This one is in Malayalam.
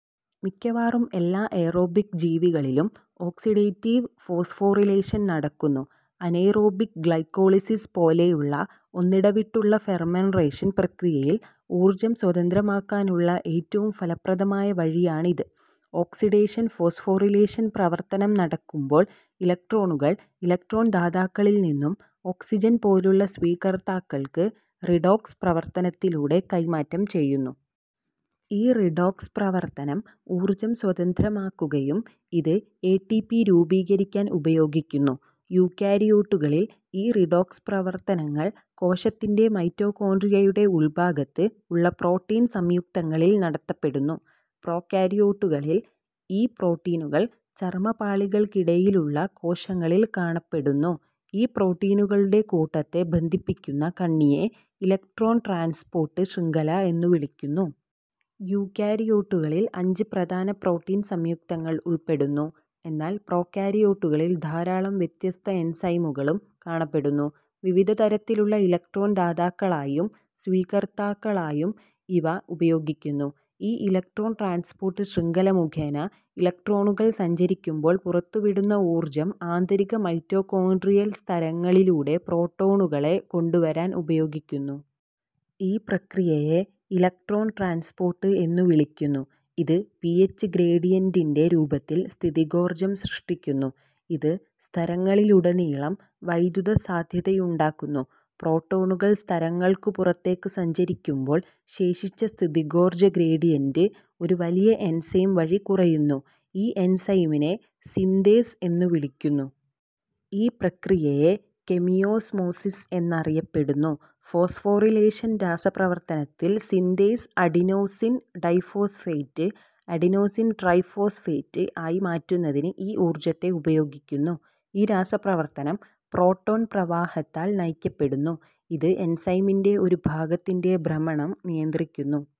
മിക്കവാറും എല്ലാ എയറോബിക് ജീവികളിലും ഓക്സിഡേറ്റീവ് ഫോസ്ഫോറിലേഷൻ നടക്കുന്നു. അനെയ്റോബിക് ഗ്ലൈക്കോളിസിസ് പോലെയുള്ള ഒന്നിടവിട്ടുള്ള ഫെർമെൻറേഷൻ പ്രക്രിയയിൽ ഊർജ്ജം സ്വതന്ത്രമാക്കാനുള്ള ഏറ്റവും ഫലപ്രദമായ വഴിയാണ് ഇത്. ഓക്സിഡേഷൻ ഫോസ്ഫോറിലേഷൻ പ്രവർത്തനം നടക്കുമ്പോൾ, ഇലക്ട്രോണുകൾ ഇലക്ട്രോൺ ദാതാക്കളിൽ നിന്നും ഓക്സിജൻ പോലുള്ള സ്വീകർത്താക്കൾക്ക് റിഡോക്സ് പ്രവർത്തനത്തിലൂടെ കൈമാറ്റം ചെയ്യുന്നു. ഈ റിഡോക്സ് പ്രവർത്തനം ഊർജ്ജം സ്വതന്ത്രമാക്കുകയും, ഇത് എ. ടി. പി. രൂപീകരിക്കാൻ ഉപയോഗിക്കുന്നു. യൂക്കാരിയോട്ടുകളിൽ, ഈ റിഡോക്സ് പ്രവർത്തനങ്ങൾ കോശത്തിന്റെ മൈറ്റോകോൺട്രിയയുടെ ഉൾഭാഗത്ത് ഉള്ള പ്രോട്ടീൻ സംയുക്തങ്ങളിൽ നടത്തപ്പെടുന്നു. പ്രോകാരിയോട്ടുകളിൽ, ഈ പ്രോട്ടീനുകൾ ചർമ്മപാളികൾക്കിടയിലുള്ള കോശങ്ങളിൽ കാണപ്പെടുന്നു. ഈ പ്രോട്ടീനുകളുടെ കൂട്ടത്തെ ബന്ധിപ്പിക്കുന്ന കണ്ണിയെ ഇലക്ട്രോൺ ട്രാൻസ്പോർട്ട് ശൃംഖല എന്നു വിളിക്കുന്നു. യൂക്കാരിയോട്ടുകളിൽ, അഞ്ച് പ്രധാന പ്രോട്ടീൻ സംയുക്തങ്ങൾ ഉൾപ്പെടുന്നു, എന്നാൽ പ്രോകാരിയോട്ടുകളിൽ ധാരാളം വ്യത്യസ്ത എൻസൈമുകളും കാണപ്പെടുന്നു, വിവിധതരത്തിലുള്ള ഇലക്ട്രോൺ ദാതാക്കളായും സ്വീകർത്താക്കളായും ഇവ ഉപയോഗിക്കുന്നു. ഈ ഇലക്ട്രോൺ ട്രാൻസ്പോർട്ട് ശൃംഖല മുഖേന ഇലക്ട്രോണുകൾ സഞ്ചരിക്കുമ്പോൾ പുറത്തുവിടുന്ന ഊർജ്ജം ആന്തരിക മൈറ്റോകോൺട്രിയൽ സ്തരങ്ങളിലൂടെ പ്രോട്ടോണുകളെ കൊണ്ടുവരാൻ ഉപയോഗിക്കുന്നു. ഈ പ്രക്രിയയെ ഇലക്ട്രോൺ ട്രാൻസ്പോർട്ട് എന്നു വിളിക്കുന്നു. ഇത് പി. എച്ച് ഗ്രേഡിയൻറിന്റെ രൂപത്തിൽ സ്ഥിതികോർജ്ജം സൃഷ്ടിക്കുന്നു. ഇത് സ്തരങ്ങളിലുടനീളം വൈദ്യുത സാധ്യതയുണ്ടാക്കുന്നു. പ്രോട്ടോണുകൾ സ്തരങ്ങൾക്കു പുറത്തേക്ക് സഞ്ചരിക്കുമ്പോൾ, ശേഷിച്ച സ്ഥിതികോർജ്ജ ഗ്രേഡിയന്റ് ഒരു വലിയ എൻസൈം വഴി കുറയുന്നു. ഈ എൻസൈമിനെ സിന്തേസ് എന്നുവിളിക്കുന്നു. ഈ പ്രക്രിയയെ കെമിയോസ്മോസിസ് എന്നറിയപ്പെടുന്നു. ഫോസ്ഫോറിലേഷൻ രാസപ്രവർത്തനത്തിൽ synthase adenosine diphosphate adenosine triphosphate ആയി മാറ്റുന്നതിന് ഈ ഊർജ്ജത്തെ ഉപയോഗിക്കുന്നു. ഈ രാസപ്രവർത്തനം പ്രോട്ടോൺ പ്രവാഹത്താൽ നയിക്കപ്പെടുന്നു. ഇത് എൻസൈമിൻറെ ഒരു ഭാഗത്തിന്റെ ഭ്രമണം നിയന്ത്രിക്കുന്നു.